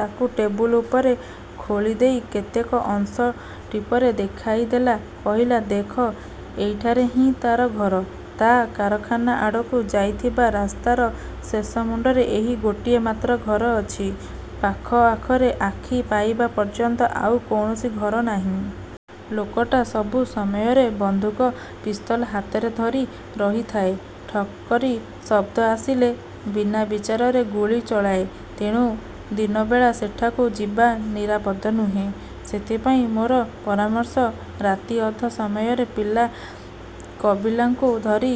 ତାକୁ ଟେବୁଲ ଉପରେ ଖୋଳିଦେଇ କେତେକ ଅଂଶ ଟିପରେ ଦେଖାଇଦେଲା। କହିଲା, ''ଦେଖ, ଏଇଠାରେ ହିଁ ତାର ଘର। ତା କାରଖାନା ଆଡ଼କୁ ଯାଇଥିବା ରାସ୍ତାର ଶେଷମୁଣ୍ଡରେ ଏହି ଗୋଟିଏ ମାତ୍ର ଘର ଅଛି। ପାଖଆଖରେ ଆଖି ପାଇବା ପର୍ଯ୍ୟନ୍ତ ଆଉ କୌଣସି ଘର ନାହିଁ। ଲୋକଟା ସବୁ ସମୟରେ ବନ୍ଧୁକ ପିସ୍ତଲ ହାତରେ ଧରି ରହିଥାଏ। ଠକ୍ କରି ଶବ୍ଦ ଆସିଲେ ବିନାବିଚାରରେ ଗୁଳି ଚଳାଏ। ତେଣୁ ଦିନବେଳା ସେଠାକୁ ଯିବା ନିରାପଦ ନୁହେଁ। ସେଥିପାଇଁ ମୋର ପରାମର୍ଶ, ରାତି ଅଧ ସମୟରେ, ପିଲା କବିଲାଙ୍କୁ ଧରି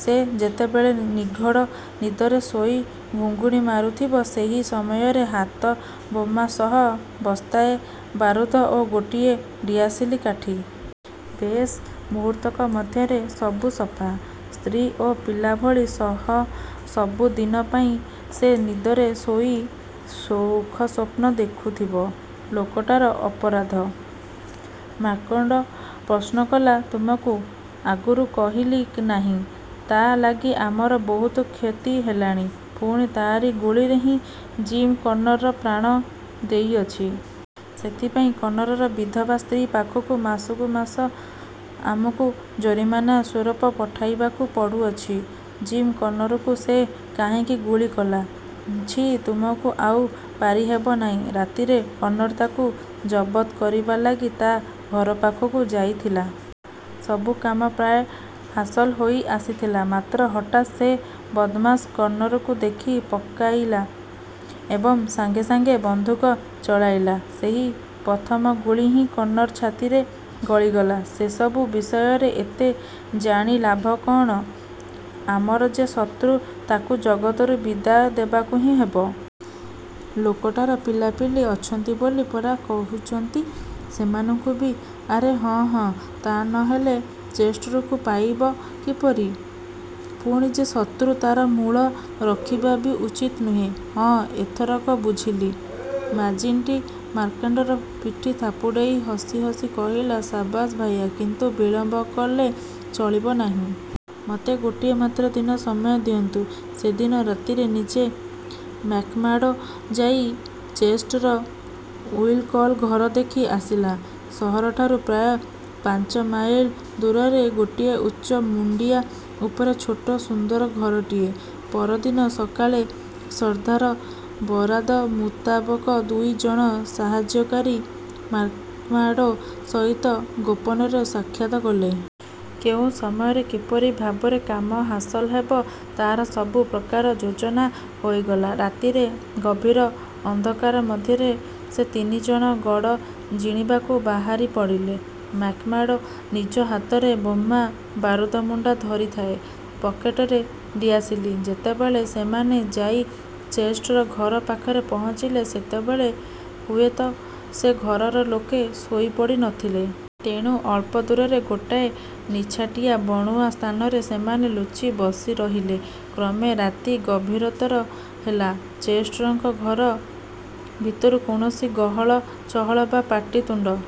ସେ ଯେତେବେଳେ ନିଘଢ଼ ନିଦରେ ଶୋଇ ଘୁଙ୍ଗୁଡ଼ି ମାରୁଥିବ, ସେହି ସମୟରେ ହାତବୋମା ସହ ବସ୍ତାଏ ବାରୁଦ ଓ ଗୋଟିଏ ଡିଆସିଲି କାଠି। ବେଶ୍, ମୁହୂର୍ତ୍ତକ ମଧ୍ୟରେ ସବୁ ସଫା। ସ୍ତ୍ରୀ ଓ ପିଲାଭଳି ସହ ସବୁ ଦିନ ପାଇଁ ସେ ନିଦରେ ଶୋଇ ସୁଖସ୍ୱପ୍ନ ଦେଖୁଥିବ। '' ''ଲୋକଟାର ଅପରାଧ? '' -ମ୍ୟାକ୍ମାର୍ଡ଼ୋ ପ୍ରଶ୍ନ କଲା। ''ତୁମକୁ ଆଗରୁ କହିଲି ନାହିଁ-ତା ଲାଗି ଆମର ବହୁତ କ୍ଷତି ହେଲାଣି; ପୁଣି ତାରି ଗୁଳିରେ ହିଁ ଜିମ୍ କର୍ଣ୍ଣର ପ୍ରାଣ ଦେଇଅଛି। ସେଥିପାଇଁ କର୍ଣ୍ଣରର ବିଧବା ସ୍ତ୍ରୀ ପାଖକୁ ମାସକୁ ମାସ ଆମଙ୍କୁ ଜୋରିମାନା ସ୍ୱରୂପ ପଠାଇବାକୁ ପଡ଼ୁଅଛି। '' ''ଜିମ୍ କର୍ଣ୍ଣରକୁ ସେ କାହିଁକି ଗୁଳି କଲା? '' ''ଛିଃ, ତୁମକୁ ଆଉ ପାରିହେବ ନାହିଁ। ରାତିରେ କର୍ଣ୍ଣର ତାକୁ ଜବତ୍ କରିବା ଲାଗି ତା ଘରପାଖକୁ ଯାଇଥିଲା। ସବୁ କାମ ପ୍ରାୟ ହାସଲ ହୋଇଆସିଥିଲା। ମାତ୍ର ହଠାତ୍ ସେ ବଦ୍ମାସ କର୍ଣ୍ଣରକୁ ଦେଖି ପକାଇଲା ଏବଂ ସାଙ୍ଗେସାଙ୍ଗେ ବନ୍ଧୁକ ଚଳାଇଲା। ସେହି ପ୍ରଥମ ଗୁଳି ହିଁ କର୍ଣ୍ଣର ଛାତିରେ ଗଳିଗଲା। ସେସବୁ ବିଷୟରେ ଏତେ ଜାଣି ଲାଭ କଅଣ? ଆମର ଯେ ଶତ୍ରୁ, ତାକୁ ଜଗତରୁ ବିଦାୟ ଦେବାକୁ ହିଁ ହେବ। '' ''ଲୋକଟାର ପିଲାପିଲି ଅଛନ୍ତି ବୋଲି ପରା କହୁଛନ୍ତି? ସେମାନଙ୍କୁ ବି '' ''ଆରେ ହଁ, ହଁ। ତା ନ ହେଲେ ଚେଷ୍ଟରକୁ ପାଇବ କିପରି? ପୁଣି ଯେ ଶତ୍ରୁ, ତାର ମୂଳ ରଖିବା ବି ଉଚିତ ନୁହେଁ। '' ''ହଁ, ଏଥରକ ବୁଝିଲି। '' ମ୍ୟାକ୍ଜିଣ୍ଟି ମ୍ୟାକ୍ମାର୍ଡ଼ୋର ପିଠି ଥାପୁଡ଼େଇ ହସିହସି କହିଲା, ''ସାବାସ୍ ଭାୟା; କିନ୍ତୁ ବିଳମ୍ବ କଲେ ଚଳିବ ନାହିଁ। '' ''ମୋତେ ଗୋଟିଏ ମାତ୍ର ଦିନ ସମୟ ଦିଅନ୍ତୁ। '' ସେଦିନ ରାତିରେ ନିଜେ ମ୍ୟାକ୍ମାର୍ଡ଼ୋ ଯାଇ ଚେଷ୍ଟର ଉଇଲକକ୍ ଘର ଦେଖି ଆସିଲା-। ସହରଠାରୁ ପ୍ରାୟ ପାଞ୍ଚମାଇଲ ଦୂରରେ ଗୋଟାଏ ଉଚ୍ଚ ମୁଣ୍ଡିଆ ଉପରେ ଛୋଟ ସୁନ୍ଦର ଘରଟିଏ-। ପର ଦିନ ସକାଳେ ସର୍ଦ୍ଦାର ବରାଦ ମୁତାବକ ଦୁଇ ଜଣ ସାହାଯ୍ୟକାରୀ ମ୍ୟାକ୍ମାର୍ଡ଼ୋ ସହିତ ଗୋପନରେ ସାକ୍ଷାତ କଲେ। କେଉଁ ସମୟରେ କିପରି ଭାବରେ କାମ ହାସଲ ହେବ, ତାର ସବୁ ପ୍ରକାର ଯୋଜନା ହୋଇଗଲା। ରାତିରେ ଗଭୀର ଅନ୍ଧକାର ମଧ୍ୟରେ ସେ ତିନି ଜଣ ଗଡ଼ ଜିଣିବାକୁ ବାହାରିପଡ଼ିଲେ। ମ୍ୟାକ୍ମାର୍ଡ଼ୋ ନିଜ ହାତରେ ବୋମା, ବାରୁଦମୁଣା ଧରିଥାଏ। ପକେଟରେ ଡିଆସିଲି। ଯେତେବେଳେ ସେମାନେ। ଯାଇ ଚେଷ୍ଟର ଘର ପାଖରେ ପହଞ୍ଚିଲେ, ସେତେବେଳେ ହୁଏ ତ ସେ ଘରର ଲୋକେ ଶୋଇପଡ଼ି ନ ଥିଲେ। ତେଣୁ ଅଳ୍ପ ଦୂରରେ ଗୋଟାଏ ନିଛାଟିଆ ବଣୁଆ ସ୍ଥାନରେ ସେମାନେ ଲୁଚି ବସିରହିଲେ। କ୍ରମେ ରାତି ଗଭୀରତର ହେଲା। ଚେଷ୍ଟରଙ୍କ ଘର ଭିତରୁ କୌଣସି ଗହଳ ଚହଳ ବା ପାଟିତୁଣ୍ଡ